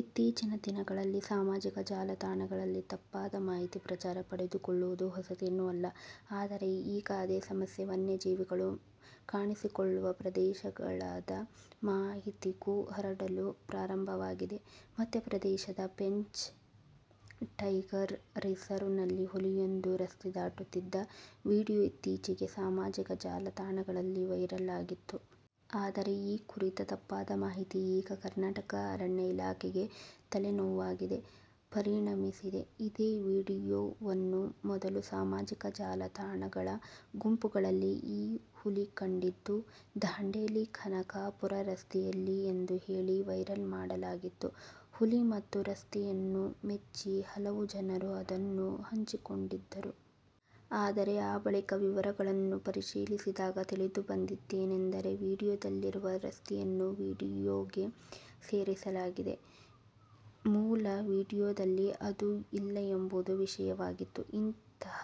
ಇತ್ತೀಚಿನ ದಿನಗಳಲ್ಲಿ ಸಾಮಾಜಿಕ ಜಾಲತಾಣಗಳಲ್ಲಿ ತಪ್ಪಾದ ಮಾಹಿತಿ ಪ್ರಚಾರ ಪಡೆದುಕೊಳ್ಳುವುದು ಹೊಸತೇನು ಅಲ್ಲ. ಆದರೆ ಈಗ ಅದೇ ಸಮಸ್ಯೆ ವನ್ಯಜೀವಿಗಳು ಕಾಣಿಸಿಕೊಳ್ಳುವ ಪ್ರದೇಶಗಳದ ಮಾಹಿತಿಗೂ ಹರಡಲು ಪ್ರಾರಂಭವಾಗಿದೆ. ಮಧ್ಯಪ್ರದೇಶದ ಪೆಂಚ್ ಟೈಗರ್ ರಿಸರ್ವ್ ನಲ್ಲಿ ಹುಲಿಯೊಂದು ರಸ್ತೆ ದಾಟುತ್ತಿದ್ದ ವಿಡಿಯೋ ಇತ್ತೀಚೆಗೆ ಸಾಮಾಜಿಕ ಜಾಲತಾಣಗಳಲ್ಲಿ ವೈರಲ್ ಆಗಿತ್ತು. ಆದರೆ ಈ ಕುರಿತ ತಪ್ಪಾದ ಮಾಹಿತಿ ಈಗ ಕರ್ನಾಟಕ ಅರಣ್ಯ ಇಲಾಖೆಗೆ ತಲೆನೋವಾಗಿ ಪರಿಣಮಿಸಿದೆ. ಇದೇ ವಿಡಿಯೋವನ್ನು ಮೊದಲು ಸಾಮಜಿಕ ಜಾಲತಾಣಗಳ ಗುಂಪುಗಳಲ್ಲಿ ಈ ಹುಲಿ ಕಂಡಿದ್ದು ದಾಂಡೆಲಿ-ಖಾನಾಪುರ ರಸ್ತೆಯಲ್ಲಿ ಎಂದು ಹೇಳಿ ವೈರಲ್ ಮಾಡಲಾಗಿತ್ತು. ಹುಲಿ ಮತ್ತು ರಸ್ತೆಯನ್ನು ಮೆಚ್ಚಿ ಹಲವು ಜನರು ಅದನ್ನು ಹಂಚಿಕೊಂಡಿದ್ದರು. ಆದರೆ ಆ ಬಳಿಕ ವಿವರಗಳನ್ನು ಪರಿಶೀಲಿಸಿದಾಗ ತಿಳಿದುಬಂದಿದ್ದೇನೆಂದರೆ ವಿಡಿಯೋದಲ್ಲಿರುವ ರಸ್ತೆಯನ್ನು ವಿಡಿಯೋಗೆ ಸೇರಿಸಲಾಗಿದೆ. ಮೂಲ ವಿಡಿಯೋದಲ್ಲಿ ಅದು ಇಲ್ಲ ಎಂಬುದು ವಿಷಯವಾಗಿತ್ತು. ಇಂಥಹ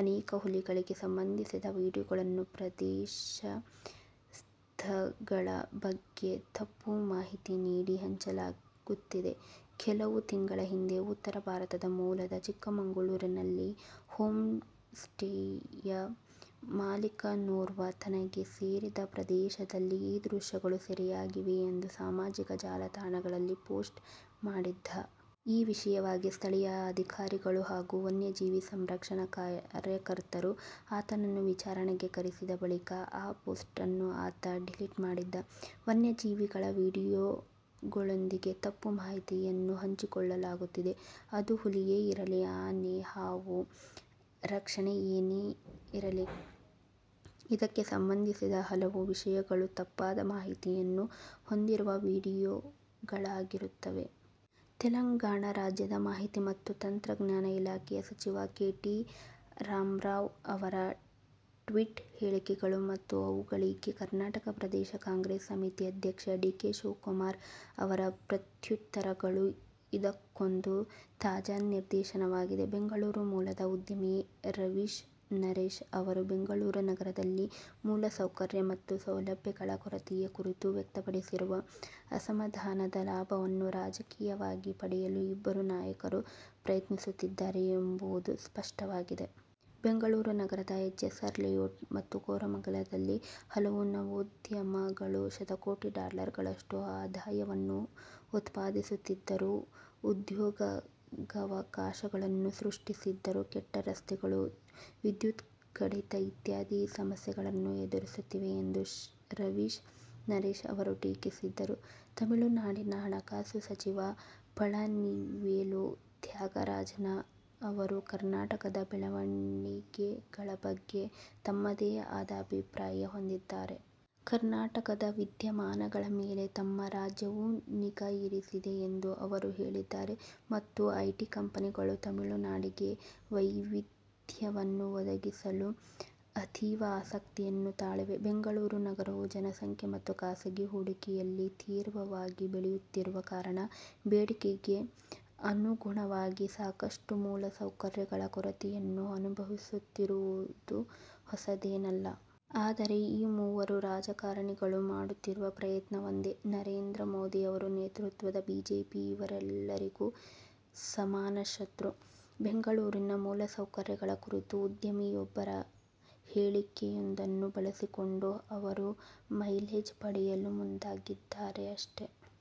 ಅನೇಕ ಹುಲಿಗಳಿಗೆ ಸಂಬಂಧಿಸಿದ ವಿಡಿಯೋಗಳನ್ನು ಪ್ರದೇಶ, ಸ್ಥಗಳ ಬಗ್ಗೆ ತಪ್ಪು ಮಾಹಿತಿ ನೀಡಿ ಹಂಚಲಾಗುತ್ತಿದೆ. ಕೆಲವು ತಿಂಗಳ ಹಿಂದೆ ಉತ್ತರ ಭಾರತದ ಮೂಲದ ಚಿಕ್ಕಮಗಳೂರಿನಲ್ಲಿ ಹೋಮ್ ಸ್ಟೇಯ ಮಾಲಿಕನೋರ್ವ ತನಗೆ ಸೇರಿದ ಪ್ರದೇಶದಲ್ಲಿ ಈ ದೃಶ್ಯಗಳು ಸೆರೆಯಾಗಿವೆ ಎಂದು ಸಾಮಾಜಿಕ ಜಾಲತಾಣಗಳಲ್ಲಿ ಪೋಸ್ಟ್ ಮಾಡಿದ್ದ. ಈ ವಿಷಯವಾಗಿ ಸ್ಥಳೀಯ ಅಧಿಕಾರಿಗಳು ಹಾಗೂ ವನ್ಯಜೀವಿ ಸಂರಕ್ಷಣಾ ಕಾರ್ಯಕರ್ತರು ಆತನನ್ನು ವಿಚಾರಣೆಗೆ ಕರೆಸಿದ ಬಳಿಕ ಆ ಪೋಸ್ಟ್ ನ್ನು ಆತ ಡಿಲೀಟ್ ಮಾಡಿದ್ದ. ವನ್ಯಜೀವಿಗಳ ವಿಡಿಯೋಗಳೊಂದಿಗೆ ತಪ್ಪು ಮಾಹಿತಿಯನ್ನು ಹಂಚಿಕೊಳ್ಳಲಾಗುತ್ತಿದೆ. ಅದು ಹುಲಿಯೇ ಇರಲಿ, ಆನೆ, ಹಾವು ರಕ್ಷಣೆ ಏನೇ ಇರಲಿ. ಇದಕ್ಕೆ ಸಂಬಂಧಿಸಿದ ಹಲವು ವಿಷಯಗಳು ತಪ್ಪಾದ ಮಾಹಿತಿಯನ್ನು ಹೊಂದಿರುವ ವಿಡಿಯೋಗಳಾಗಿರುತ್ತವೆ. ತೆಲಂಗಾಣ ರಾಜ್ಯದ ಮಾಹಿತಿ ಮತ್ತು ತಂತ್ರಜ್ಞಾನ ಇಲಾಖೆಯ ಸಚಿವ ಕೆ. ಟಿ. ರಾಮರಾವ್ ಅವರ ಟ್ವೀಟ್ ಹೇಳಿಕೆಗಳು ಮತ್ತು ಅವುಗಳಿಗೆ ಕರ್ನಾಟಕ ಪ್ರದೇಶ ಕಾಂಗ್ರೆಸ್ ಸಮಿತಿ ಅಧ್ಯಕ್ಷ ಡಿ. ಕೆ. ಶಿವಕುಮಾರ್ ಅವರ ಪ್ರತ್ಯುತ್ತರಗಳು ಇದಕ್ಕೊಂದು ತಾಜಾ ನಿದರ್ಶನವಾಗಿದೆ. ಬೆಂಗಳೂರು ಮೂಲದ ಉದ್ಯಮಿ ರವೀಶ್ ನರೇಶ್ ಅವರು ಬೆಂಗಳೂರು ನಗರದಲ್ಲಿ ಮೂಲಸೌಕರ್ಯ ಮತ್ತು ಸೌಲಭ್ಯಗಳ ಕೊರತೆಯ ಕುರಿತು ವ್ಯಕ್ತಪಡಿಸಿರುವ ಅಸಮಾಧಾನದ ಲಾಭವನ್ನು ರಾಜಕೀಯವಾಗಿ ಪಡೆಯಲು ಇಬ್ಬರೂ ನಾಯಕರು ಪ್ರಯತ್ನಿಸುತ್ತಿದ್ದಾರೆ ಎಂಬುದು ಸ್ಪಷ್ಟವಾಗಿದೆ. ಬೆಂಗಳೂರು ನಗರದ ಎಚ್ಎಸ್ಆರ್ ಲೇಔಟ್ ಮತ್ತು ಕೋರಮಂಗಲದಲ್ಲಿ ಹಲವು ನವೋದ್ಯಮ ಗಳು ಶತಕೋಟಿ ಡಾಲರ್ಗಳಷ್ಟು ಆದಾಯವನ್ನು ಉತ್ಪಾದಿಸುತ್ತಿದ್ದರೂ, ಉದ್ಯೋಗಾವಕಾಶಗಳನ್ನು ಸೃಷ್ಟಿಸಿದ್ದರೂ ಕೆಟ್ಟ ರಸ್ತೆಗಳು, ವಿದ್ಯುತ್ ಕಡಿತ ಇತ್ಯಾದಿ ಸಮಸ್ಯೆಗಳನ್ನು ಎದುರಿಸುತ್ತಿವೆ ಎಂದು ರವೀಶ್ ನರೇಶ್ ಅವರು ಟೀಕಿಸಿದ್ದರು. ತಮಿಳುನಾಡಿನ ಹಣಕಾಸು ಸಚಿವ ಪಳನಿವೇಲು ತ್ಯಾಗರಾಜನ್ ಅವರೂ ಕರ್ನಾಟಕದ ಬೆಳವಣಿಗೆಗಳ ಬಗ್ಗೆ ತಮ್ಮದೇ ಆದ ಅಭಿಪ್ರಾಯ ಹೊಂದಿದ್ದಾರೆ. ಕರ್ನಾಟಕದ ವಿದ್ಯಮಾನಗಳ ಮೇಲೆ ತಮ್ಮ ರಾಜ್ಯವು ನಿಗಾ ಇರಿಸಿದೆ ಎಂದು ಅವರು ಹೇಳಿದ್ದಾರೆ. ಮತ್ತು, ಐಟಿ ಕಂಪನಿಗಳು ತಮಿಳುನಾಡಿಗೆ ವೈವಿಧ್ಯವನ್ನು ಒದಗಿಸಲು ಅತೀವ ಆಸಕ್ತಿಯನ್ನು ತಾಳಿವೆ. ಬೆಂಗಳೂರು ನಗರವು ಜನಸಂಖ್ಯೆ ಮತ್ತು ಖಾಸಗಿ ಹೂಡಿಕೆಯಲ್ಲಿ ತೀವ್ರವಾಗಿ ಬೆಳೆಯುತ್ತಿರುವ ಕಾರಣ, ಬೇಡಿಕೆಗೆ ಅನುಗುಣವಾಗಿ ಸಾಕಷ್ಟು ಮೂಲಸೌಕರ್ಯಗಳ ಕೊರತೆಯನ್ನು ಅನುಭವಿಸುತ್ತಿರುವುದು ಹೊಸದೇನಲ್ಲ. ಆದರೆ ಈ ಮೂವರು ರಾಜಕಾರಣಿಗಳು ಮಾಡುತ್ತಿರುವ ಪ್ರಯತ್ನ ಒಂದೇ: ನರೇಂದ್ರ ಮೋದಿ ಅವರ ನೇತೃತ್ವದ ಬಿಜೆಪಿ ಇವರೆಲ್ಲರಿಗೂ ಸಮಾನ ಶತ್ರು. ಬೆಂಗಳೂರಿನ ಮೂಲಸೌಕರ್ಯಗಳ ಕುರಿತು ಉದ್ಯಮಿಯೊಬ್ಬರ ಹೇಳಿಕೆಯೊಂದನ್ನು ಬಳಸಿಕೊಂಡು ಅವರು ಮೈಲೇಜ್ ಪಡೆಯಲು ಮುಂದಾಗಿದ್ದಾರೆ, ಅಷ್ಟೇ.